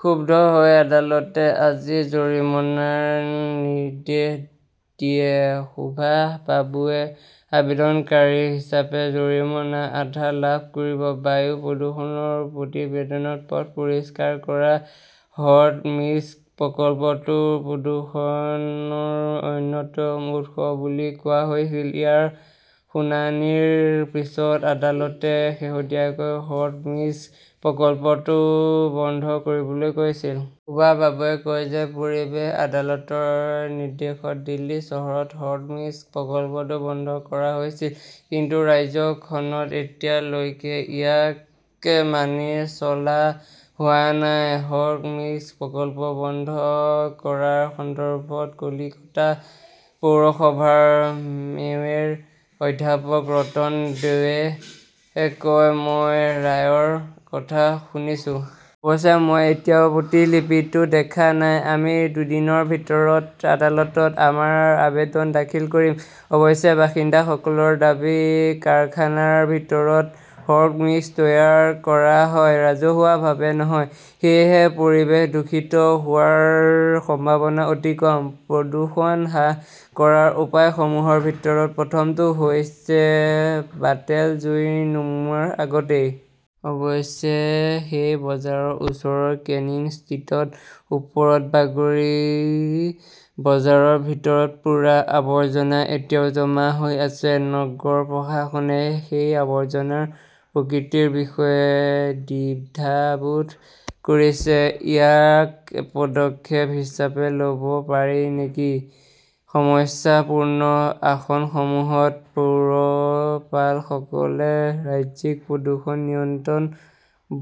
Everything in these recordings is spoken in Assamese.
ক্ষুব্ধ হৈ আদালতে আজি জৰিমনাৰ নিৰ্দেশ দিয়ে। সুভাষ বাবুৱে আবেদনকাৰী হিচাপে জৰিমনাৰ আধা লাভ কৰিব। বায়ু প্ৰদূষণৰ প্ৰতিবেদনত পথ পৰিষ্কাৰ কৰা "হট মিক্স" প্ৰকল্পটো প্ৰদূষণৰ অন্যতম উৎস বুলি কোৱা হৈছিল। ইয়াৰ শুনানিৰ পিছত আদালতে শেহতীয়াকৈ "হট মিক্স" প্ৰকল্পটো বন্ধ কৰিবলৈ কৈছিল। সুভাষ বাবুৱে কয় যে, পৰিৱেশ আদালতৰ নিৰ্দেশত দিল্লী চহৰত "হট মিক্স" প্ৰকল্পটো বন্ধ কৰা হৈছিল। কিন্তু ৰাজ্যখনত এতিয়ালৈকে ইয়াক মানি চলা হোৱা নাই। "হট মিক্স" প্ৰকল্পটো বন্ধ কৰাৰ সন্দৰ্ভত কলকাতা পৌৰসভাৰ মেয়ৰ অধ্যাপক ৰতন দেয়ে কয়, "মই ৰায়ৰ কথা শুনিছোঁ। অৱশ্যে মই এতিয়াও প্ৰতিলিপিটো দেখা নাই। আমি দুদিনৰ ভিতৰত আদালতত আমাৰ আবেদন দাখিল কৰিম"। অৱশ্যে বাসিন্দাসকলৰ দাবী- কাৰখানাৰ ভিতৰত হটমিক্স তৈয়াৰ কৰা হয়, ৰাজহুৱাভাৱে নহয়। সেয়েহে পৰিৱেশ দূষিত হোৱাৰ সম্ভাৱনা অতি কম। প্ৰদূষণ হ্ৰাস কৰাৰ উপায়সমূহৰ ভিতৰত প্ৰথমটো হৈছে বাতেল জুই নুমুৱাৰ আগতেই। অৱশ্যে, সেই বজাৰৰ ওচৰৰ কেনিং ষ্ট্ৰীটৰ ওপৰত বাগড়ী বজাৰৰ ভিতৰৰ পোৰা আৱৰ্জনা এতিয়াও জমা হৈ আছে। নগৰ প্ৰশাসনে সেই আৱৰ্জনাৰ প্ৰকৃতিৰ বিষয়ে দ্বিধাবোধ কৰিছে। ইয়াক পদক্ষেপ হিচাপে লব পাৰি নেকি? সমস্যাপূৰ্ণ আসনসমূহত পৌৰপালকসকলে ৰাজ্যিক প্ৰদূষণ নিয়ন্ত্ৰণ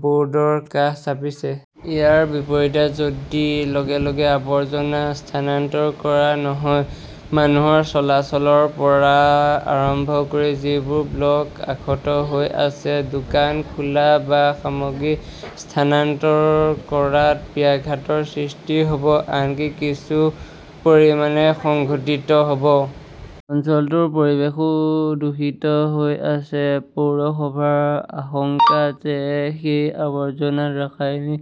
বৰ্ডৰ কাষ চাপিছে। ইয়াৰ বিপৰীতে, যদি লগে লগে আৱৰ্জনা স্থানান্তৰ কৰা নহয়, মানুহৰ চলাচলৰ পৰা আৰম্ভ কৰি যিবোৰ ব্লক অক্ষত হৈ আছে, দোকান খোলা বা সামগ্ৰী স্থানান্তৰ কৰাত ব্যাঘাতৰ সৃষ্টি হ 'ব, আনকি কিছু পৰিমাণে সংঘটিত হ' ব। অঞ্চলটোৰ পৰিৱেশো দূষিত হৈ আছে। পৌৰসভাৰ আশংকা যে সেই আৱৰ্জনাত ৰাসায়নিক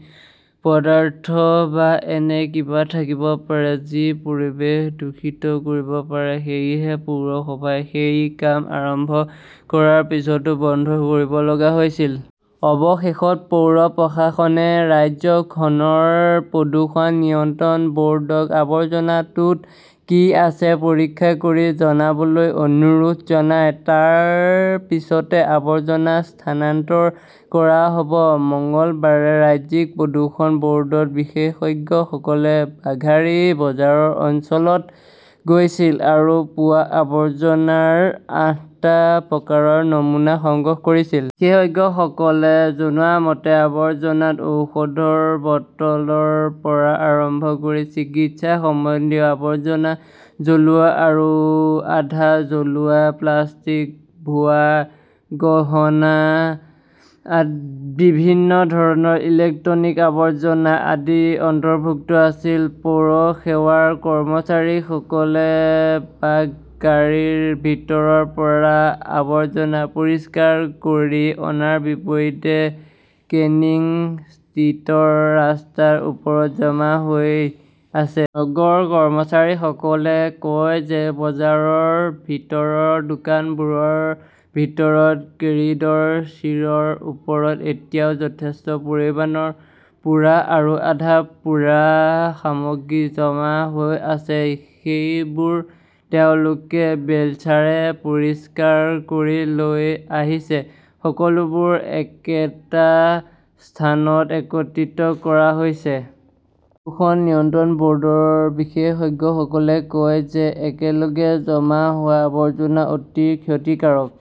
পদাৰ্থ বা এনে কিবা থাকিব পাৰে, যি পৰিৱেশ দূষিত কৰিব পাৰে। সেয়েহে পৌৰসভাই সেই কাম আৰম্ভ কৰাৰ পিছতো বন্ধ কৰিব লগা হৈছিল। অৱশেষত পৌৰ প্ৰশাসনে ৰাজ্যখনৰ প্ৰদূষণ নিয়ন্ত্ৰণ বৰ্ডক আৱৰ্জনাটোত কি আছে পৰীক্ষা কৰি জনাবলৈ অনুৰোধ জনায়। তাৰ পিছতে আৱৰ্জনা স্থানান্তৰ কৰা হব। মঙলবাৰে ৰাজ্যিক প্ৰদূষণ বৰ্ডৰ বিশেষজ্ঞসকলে বাঘাৰী বজাৰ অঞ্চলত গৈছিল আৰু পোৰা আৱৰ্জনাৰ আঠটা প্ৰকাৰৰ নমুনা সংগ্ৰহ কৰিছিল। বিশেষজ্ঞসকলে জনোৱা মতে, আৱৰ্জনাত ঔষধৰ বটলৰ পৰা আৰম্ভ কৰি চিকিৎসা সম্বন্ধীয় আৱৰ্জনা, জ্বলোৱা আৰু আধা জ্বলোৱা প্লাষ্টিক, ভুৱা গহনা, বিভিন্ন ধৰণৰ ইলেক্ট্ৰনিক আৱৰ্জনা আদি অন্তৰ্ভুক্ত আছিল। পৌৰসেৱাৰ কৰ্মচাৰীসকলে বাগড়ীৰ ভিতৰৰ পৰা আৱৰ্জনা পৰিষ্কাৰ কৰি অনাৰ বিপৰীতে কেনিং ষ্ট্ৰীটৰ ৰাস্তাৰ ওপৰত জমা হৈ আছে। নগৰ কৰ্মচাৰীসকলে কয় যে, বজাৰৰ ভিতৰৰ, দোকানবোৰৰ ভিতৰত, কৰিডৰৰ চিৰিৰ ওপৰত এতিয়াও যথেষ্ট পৰিমাণৰ পোৰা আৰু আধা-পোৰা সামগ্ৰী জমা হৈ আছে। সেইবোৰ তেওঁলোকে বেলচাৰে পৰিষ্কাৰ কৰি লৈ আহিছে। সকলোবোৰ একেটা স্থানত একত্ৰিত কৰা হৈছে। প্ৰদূষণ নিয়ন্ত্ৰণ বৰ্ডৰ বিশেষজ্ঞসকলে কয় যে, একেলগে জমা হোৱা আৱৰ্জনা অতি ক্ষতিকাৰক।